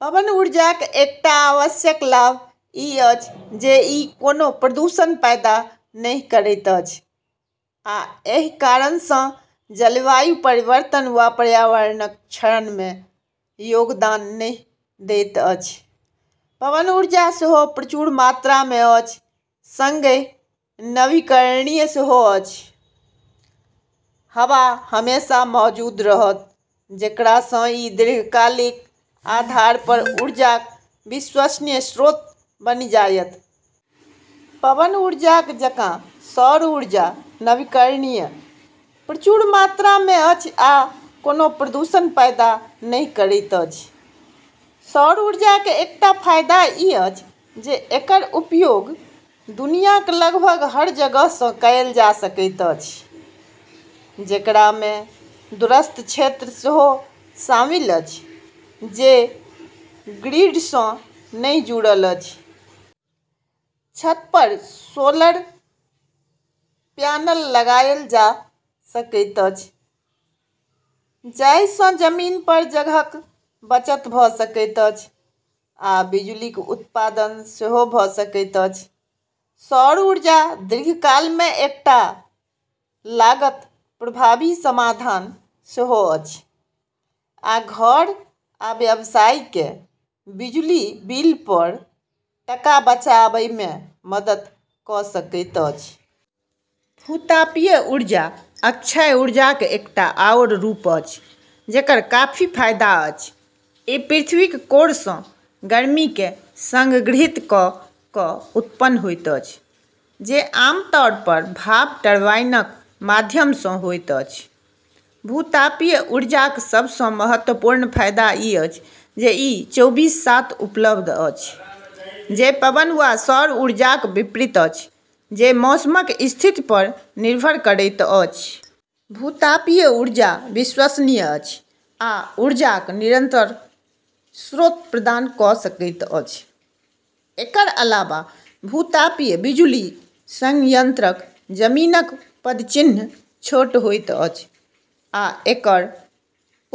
पवन ऊर्जाक एकटा आवश्यक लाभ ई अछि जे ई कोनो प्रदूषण पैदा नहि करैत अछि आ एहि कारणसँ जलवायु परिवर्तन वा पर्यावरणक क्षरणमे योगदान नहि दैत अछि। पवन ऊर्जा सेहो प्रचुर मात्रामे अछि सँगही नवीकरणीय सेहो अछि; हवा हमेशा मौजूद रहत, जेकरासँ ई दीर्घकालिक आधारपर ऊर्जाक विश्वसनीय स्रोत बनि जायत। पवन ऊर्जाक जकाँ सौर ऊर्जा नवीकरणीय, प्रचुर मात्रामे अछि आ कोनो प्रदूषण पैदा नहि करैत अछि। सौर ऊर्जाक एकटा फायदा ई अछि जे एकर उपयोग दुनियाक लगभग हर जगहसँ कएल जा सकैत अछि, जेकरामे दूरस्थ क्षेत्र सेहो शामिल अछि जे ग्रिडसँ नहि जुड़ल अछि। छतपर सोलर प्यानल लगायल जा सकैत अछि, जाहिसँ जमीनपर जगहक बचत भऽ सकैत अछि आ बिजुलीक उत्पादन सेहो भऽ सकैत अछि। सौर ऊर्जा दीर्घकालमे एकटा लागत प्रभावी समाधान सेहो अछि आ घर आ व्यवसायकेँ बिजुली बिलपर टका बचाबैमे मदद कऽ सकैत अछि। भू-तापीय ऊर्जा अक्षय ऊर्जाक एकटा आओर रूप अछि जेकर काफी फायदा अछि। ई पृथ्वीक कोरसँ गर्मीकेँ सङ्ग्रहित कऽ कऽ उत्पन्न होइत अछि, जे आमतौरपर भाप टरबाइनक माध्यमसँ होइत अछि। भू-तापीय ऊर्जाक सबसँ महत्वपूर्ण फायदा ई अछि जे ई चौबीस/सात उपलब्ध अछि, जे पवन वा सौर ऊर्जाक विपरीत अछि, जे मौसमक स्थितिपर निर्भर करैत अछि। भू-तापीय ऊर्जा विश्वसनीय अछि आ ऊर्जाक निरन्तर स्रोत प्रदान कऽ सकैत अछि। एकर अलावा भू-तापीय बिजुली संयन्त्रक जमीनक पदचिह्न छोट होइत अछि आ एकर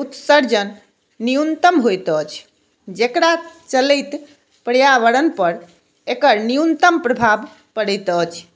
उत्सर्जन न्यूनतम होइत अछि, जेकरा चलैत पर्यावरणपर एकर न्यूनतम प्रभाव पड़ैत अछि।